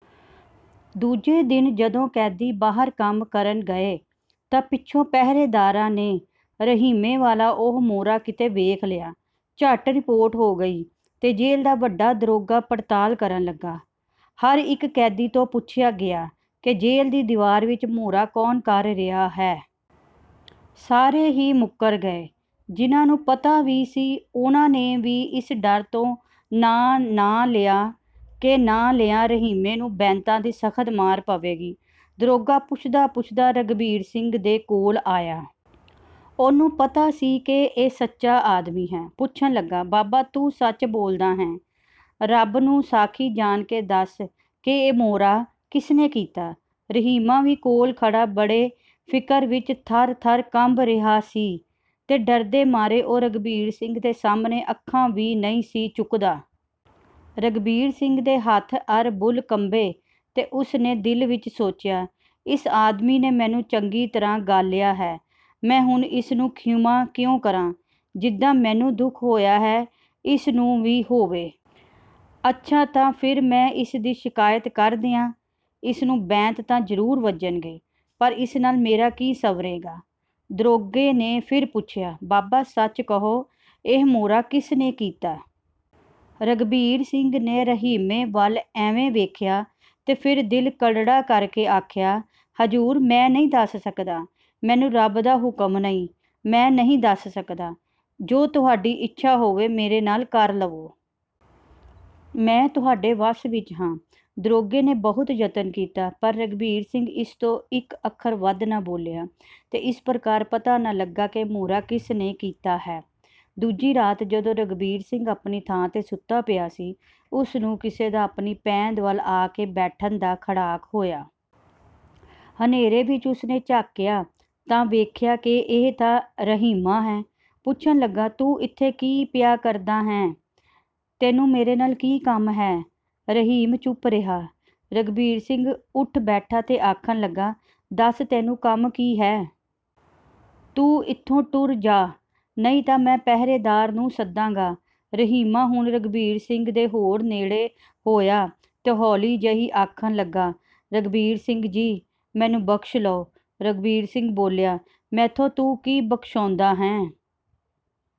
ਦੂਜੇ ਦਿਨ ਜਦੋਂ ਕੈਦੀ ਬਾਹਰ ਕੰਮ ਕਰਨ ਗਏ ਤਾਂ ਪਿੱਛੋਂ ਪਹਿਰੇਦਾਰਾਂ ਨੇ ਰਹੀਮੇ ਵਾਲਾ ਉਹ ਮੋਰਾ ਕਿਤੇ ਵੇਖ ਲਿਆ। ਝੱਟ ਰਿਪੋਰਟ ਹੋ ਗਈ ਤੇ ਜੇਲ੍ਹ ਦਾ ਵੱਡਾ ਦਰੋਗਾ ਪੜਤਾਲ ਕਰਨ ਲੱਗਾ। ਹਰ ਇੱਕ ਕੈਦੀ ਤੋਂ ਪੁੱਛਿਆ ਗਿਆ ਕਿ ਜੇਲ੍ਹ ਦੀ ਦੀਵਾਰ ਵਿੱਚ ਮੋਰਾ ਕੌਣ ਕਰ ਰਿਹਾ ਹੈ। ਸਾਰੇ ਹੀ ਮੁੱਕਰ ਗਏ। ਜਿਨ੍ਹਾਂ ਨੂੰ ਪਤਾ ਵੀ ਸੀ, ਉਨ੍ਹਾਂ ਨੇ ਵੀ ਇਸ ਡਰ ਤੋਂ ਨਾਂ ਨਾ ਲਿਆ ਕਿ ਨਾਂ ਲਿਆਂ ਰਹੀਮੇ ਨੂੰ ਬੈਂਤਾਂ ਦੀ ਸਖ਼ਤ ਮਾਰ ਪਵੇਗੀ। ਦਰੋਗਾ ਪੁੱਛਦਾ-ਪੁੱਛਦਾ ਰਘਬੀਰ ਸਿੰਘ ਦੇ ਕੋਲ ਆਇਆ। ਉਹਨੂੰ ਪਤਾ ਸੀ ਕਿ ਇਹ ਸੱਚਾ ਆਦਮੀ ਹੈ। ਪੁੱਛਣ ਲੱਗਾ, "ਬਾਬਾ, ਤੂੰ ਸੱਚ ਬੋਲਦਾ ਹੈਂ। ਰੱਬ ਨੂੰ ਸਾਖੀ ਜਾਣ ਕੇ ਦੱਸ ਕਿ ਇਹ ਮੋਰਾ ਕਿਸ ਨੇ ਕੀਤਾ?" ਰਹੀਮਾ ਵੀ ਕੋਲ ਖੜ੍ਹਾ ਬੜੇ ਫ਼ਿਕਰ ਵਿੱਚ ਥਰ-ਥਰ ਕੰਬ ਰਿਹਾ ਸੀ ਅਤੇ ਡਰਦੇ ਮਾਰੇ ਉਹ ਰਘਬੀਰ ਸਿੰਘ ਦੇ ਸਾਹਮਣੇ ਅੱਖਾ ਵੀ ਨਹੀਂ ਸੀ ਚੁੱਕਦਾ। ਰਘਬੀਰ ਸਿੰਘ ਦੇ ਹੱਥ ਅਰ ਬੁੱਲ੍ਹ ਕੰਬੇ ਤੇ ਉਸ ਨੇ ਦਿਲ ਵਿੱਚ ਸੋਚਿਆ, "ਇਸ ਆਦਮੀ ਨੇ ਮੈਨੂੰ ਚੰਗੀ ਤਰ੍ਹਾਂ ਗਾਲਿਆ ਹੈ। ਮੈਂ ਹੁਣ ਇਸ ਨੂੰ ਖ਼ਿਮਾ ਕਿਉਂ ਕਰਾਂ? ਜਿੱਦਾਂ ਮੈਨੂੰ ਦੁੱਖ ਹੋਇਆ ਹੈ, ਇਸ ਨੂੰ ਵੀ ਹੋਵੇ। ਅੱਛਾ ਤਾਂ ਫਿਰ ਮੈਂ ਇਸ ਦੀ ਸ਼ਿਕਾਇਤ ਕਰ ਦਿਆਂ? ਇਸ ਨੂੰ ਬੈਂਤ ਤਾਂ ਜ਼ਰੂਰ ਵੱਜਣਗੇ, ਪਰ ਇਸ ਨਾਲ ਮੇਰਾ ਕੀ ਸੰਵਰੇਗਾ?" ਦਰੋਗੇ ਨੇ ਫਿਰ ਪੁੱਛਿਆ, "ਬਾਬਾ, ਸੱਚ ਕਹੁ, ਇਹ ਮੋਰਾ ਕਿਸ ਨੇ ਕੀਤਾ?" ਰਘਬੀਰ ਸਿੰਘ ਨੇ ਰਹੀਮੇ ਵੱਲ ਐਵੇਂ ਵੇਖਿਆ ਤੇ ਫਿਰ ਦਿਲ ਕਰੜਾ ਕਰਕੇ ਆਖਿਆ, "ਹਜ਼ੂਰ! ਮੈਂ ਨਹੀਂ ਦੱਸ ਸਕਦਾ। ਮੈਨੂੰ ਰੱਬ ਦਾ ਹੁਕਮ ਨਹੀਂ। ਮੈਂ ਨਹੀਂ ਦੱਸ ਸਕਦਾ। ਜੋ ਤੁਹਾਡੀ ਇੱਛਾ ਹੋਵੇ, ਮੇਰੇ ਨਾਲ ਕਰ ਲਵੋ। ਮੈਂ ਤੁਹਾਡੇ ਵੱਸ ਵਿੱਚ ਹਾਂ।" ਦਰੋਗੇ ਨੇ ਬਹੁਤ ਯਤਨ ਕੀਤਾ, ਪਰ ਰਘਬੀਰ ਸਿੰਘ ਇਸ ਤੋਂ ਇੱਕ ਅੱਖਰ ਵੱਧ ਨਾ ਬੋਲਿਆ, ਤੇ ਇਸ ਪ੍ਰਕਾਰ ਪਤਾ ਨਾ ਲੱਗਾ ਕਿ ਮੋਰਾ ਕਿਸ ਨੇ ਕੀਤਾ ਹੈ। ਦੂਜੀ ਰਾਤ ਜਦੋਂ ਰਘਬੀਰ ਸਿੰਘ ਆਪਣੀ ਥਾਂ ਤੇ ਸੁੱਤਾ ਪਿਆ ਸੀ, ਉਸ ਨੂੰ ਕਿਸੇ ਦਾ ਆਪਣੀ ਪੈਂਦ ਵੱਲ ਆ ਕੇ ਬੈਠਣ ਦਾ ਖੜਾਕ ਹੋਇਆ। ਹਨੇਰੇ ਵਿਚ ਉਸ ਨੇ ਝਾਕਿਆ ਤਾਂ ਵੇਖਿਆ ਕਿ ਇਹ ਤਾਂ ਰਹੀਮਾ ਹੈ। ਪੁੱਛਣ ਲੱਗਾ, "ਤੂੰ ਇੱਥੇ ਕੀ ਪਿਆ ਕਰਦਾ ਹੈਂ? ਤੈਨੂੰ ਮੇਰੇ ਨਾਲ ਕੀ ਕੰਮ ਹੈ?" ਰਹੀਮ ਚੁੱਪ ਰਿਹਾ। ਰਘਬੀਰ ਸਿੰਘ ਉੱਠ ਬੈਠਾ ਤੇ ਆਖਣ ਲੱਗਾ, "ਦੱਸ, ਤੈਨੂੰ ਕੰਮ ਕੀ ਹੈ? ਤੂੰ ਇੱਥੋਂ ਟੁਰ ਜਾਹ, ਨਹੀਂ ਤਾਂ ਮੈਂ ਪਹਿਰੇਦਾਰ ਨੂੰ ਸੱਦਾਂਗਾ।" ਰਹੀਮਾ ਹੁਣ ਰਘਬੀਰ ਸਿੰਘ ਦੇ ਹੋਰ ਨੇੜੇ ਹੋਇਆ ਤੇ ਹੌਲੀ ਜਿਹੀ ਆਖਣ ਲੱਗਾ, "ਰਘਬੀਰ ਸਿੰਘ ਜੀ! ਮੈਨੂੰ ਬਖ਼ਸ਼ ਲਓ।" ਰਘਬੀਰ ਸਿੰਘ ਬੋਲਿਆ, "ਮੈਥੋਂ ਤੂੰ ਕੀ ਬਖ਼ਸ਼ਾਉਂਦਾ ਹੈਂ?"